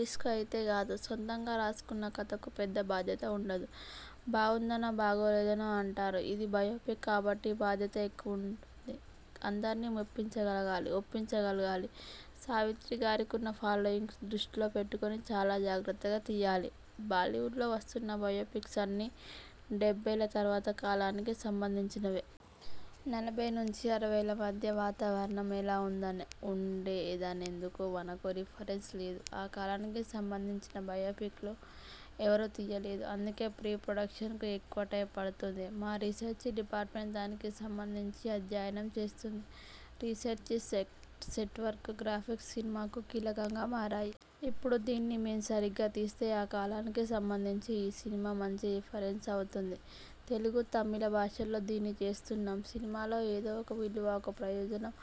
Risk అయితే కాదు. సొంతంగా రాసుకున్న కథకు పెద్ద బాధ్యత ఉండదు. బావుందనో, బాగోలేదనో అంటారు. ఇది బయోపిక్ కాబట్టి బాధ్యత ఎక్కువుంటుంది. అందర్నీ మెప్పించగలగాలి, ఒప్పించగలగాలి. సావిత్రి గారికున్న ఫాలోయింగ్ దృష్టిలో పెట్టుకొని చాలా జాగ్రత్తగా తియ్యాలి. బాలీవుడ్లో వస్తున్న బయోపిక్స్ అన్నీ డెబ్బైల తర్వాత కాలానికి సంబంధించినవే. నలభై నుంచి అరవైల మధ్య వాతావరణం ఎలా ఉందనే ఉండేదనేందుకు మనకు రిఫరెన్స లేదు. ఆ కాలానికి సంబంధించిన బయోపిక్లు ఎవరూ తియ్యలేదు. అందుకే ప్రీ ప్రొడక్షనకు ఎక్కువ టైమ్ పడుతోంది. మా రిసెర్చి డిపార్ట్మెంట్ దానికి సంబంధించి అధ్యయనం చేస్తోంది. Research, set network, graphics. సినిమాకు కీలకంగా మారాయి. ఇప్పుడు దీన్ని మేం సరిగ్గా తీస్తే, ఆ కాలానికి సంబంధించి ఈ సినిమా మంచి రిఫరెన్స్ అవుతుంది. తెలుగు, తమిళ భాషల్లో దీన్ని చేస్తున్నాం. సినిమాలో ఏదో ఒక విలువ, ఒక ప్రయోజనం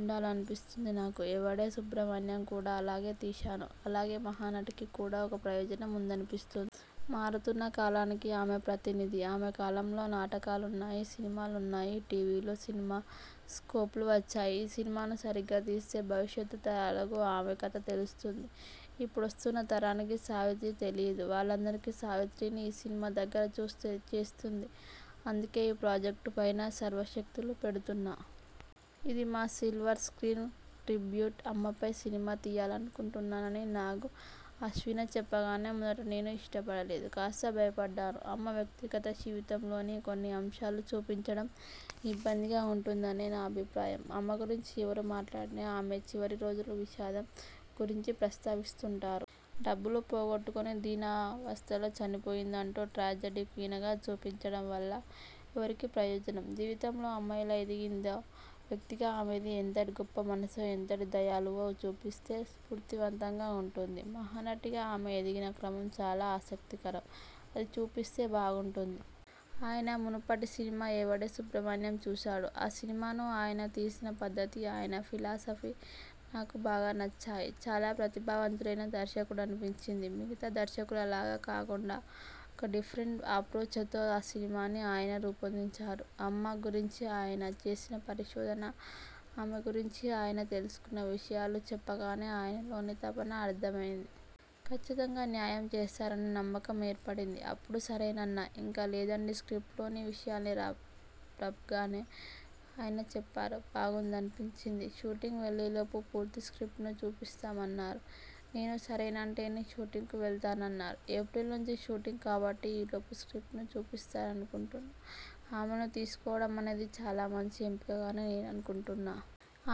ఉండాలనిపిస్తుంది నాకు. 'ఎవడే సుబ్రమణ్యం' కూడా అలాగే తీశాను. అలాగే 'మహానటి'కి కూడా ఒక ప్రయోజనం ఉందనిపిస్తుం మారుతున్న కాలానికి ఆమె ప్రతినిధి. ఆమె కాలంలో నాటకాలున్నాయి, సినిమాలున్నాయి. టీవీలు, సినిమాస్కోప్లు వచ్చాయి. ఈ సినిమాను సరిగ్గా తీస్తే భవిష్యత్ తరాలకు ఆమె కథ తెలుస్తుంది. ఇప్పుడొస్తున్న తరానికి సావిత్రి తెలీదు. వాళ్లందరికీ సావిత్రిని ఈ సినిమా దగ్గర చూస్తూ చేస్తుంది. అందుకే ఈ ప్రాజెక్ట్ పైనా సర్వశక్తులూ పెడుతున్నా. ఇది మా సిల్వర్ స్ర్కీన్ ట్రిబ్యూట్! అమ్మపై సినిమా తీయాలనుకుంటున్నానని నాగ్ అశ్విన చెప్పగానే మొదట నేను ఇష్టపడలేదు. కాస్త భయపడ్డాను. అమ్మ వ్యక్తిగత జీవితంలోని కొన్ని అంశాలు చూపించడం ఇబ్బందిగా ఉంటుందనే నా అభిప్రాయం. అమ్మ గురించి ఎవరు మాట్లాడినా ఆమె చివరి రోజుల విషాదం గురించి ప్రస్తావిస్తుంటారు. డబ్బులు పోగొట్టుకొని దీనావస్థలో చనిపోయిందంటూ ట్రాజెడీ క్వీనగా చూపించడం వల్ల ఎవరికి ప్రయోజనం? జీవితంలో అమ్మ ఎలా ఎదిగిందో, వ్యక్తిగా ఆమెది ఎంతటి గొప్ప మనసో, ఎంతటి దయాళువో చూపిస్తే స్ఫూర్తివంతంగా ఉంటుంది. 'మహానటి'గా ఆమె ఎదిగిన క్రమం చాలా ఆసక్తికరం. అది చూపిస్తే బాగుంటుంది. ఆయన మునుపటి సినిమా 'ఎవడే సుబ్రమణ్యం' చూశాను. ఆ సినిమాను ఆయన తీసిన పద్ధతీ, ఆయన ఫిలాసఫీ నాకు బాగా నచ్చాయి. చాలా ప్రతిభావంతుడైన దర్శకుడనిపించింది. మిగతా దర్శకుల లాగా కాకుండా ఒక డిఫరెంట్ అప్రోచతో ఆ సినిమాని ఆయన రూపొందించారు. అమ్మ గురించి ఆయన చేసిన పరిశోధన, ఆమె గురించి ఆయన తెలుసుకున్న విషయాలు చెప్పాకనే ఆయనలోని తపన అర్థమై కచ్చితంగా న్యాయం చేస్తారనే నమ్మకం ఏర్పడింది. అప్పుడు సరేనన్నా. ఇంకా లేదండీ. స్ర్కిప్టులోని విషయాల్ని రఫ్గానే ఆయన చెప్పారు. బాగుందనిపించింది. షూటింగ్ వెళ్లేలోపు పూర్తి స్ర్కిప్టును చూపిస్తామన్నారు. నేను సరేనంటేనే షూటింగ్కు వెళ్తానన్నారు. ఏప్రిల్ నుంచి షూటింగ్ కాబట్టి ఈలోపు స్ర్కిప్టును చూపిస్తారనుకుంటున్నా. ఆమెను తీసుకోవడమనేది చాలా మంచి ఎంపికగానే నేననుకుంటున్నా.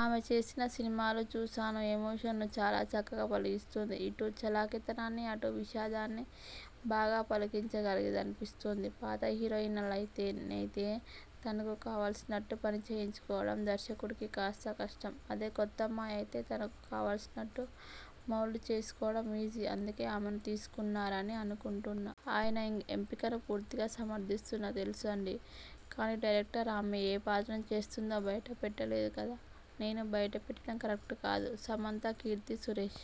ఆమె చేసిన సినిమాలు చూశాను. ఎమోషన్స్ను చాలా చక్కగా పలికిస్తుంది. ఇటు చలాకీతనాన్నీ, అటు విషాదాన్నీ బాగా పలికించగలదనిపిస్తోంది. పాత హీరోయినలనైతే నైతే తనకు కావాల్సినట్లు పనిచేయించుకోవడం దర్శకుడికి కాస్త కష్టం. అదే కొత్తమ్మాయి అయితే తనకు కావాల్సినట్లు మౌల్డ్ చేసుకోవడం ఈజీ. అందుకే ఆమెను తీసుకున్నారని అనుకుంటున్నా. ఆయన ఎంపికను పూర్తిగా సమర్థిస్తున్నా. తెలుసండీ. కానీ డైరెక్టర్ ఆమె ఏ పాత్రను చేస్తోందో బయటపెట్టలేదు కదా. నేను బయటపెట్టడం కరెక్ట్ కాదు. సమంత, కీర్తి సురేశ్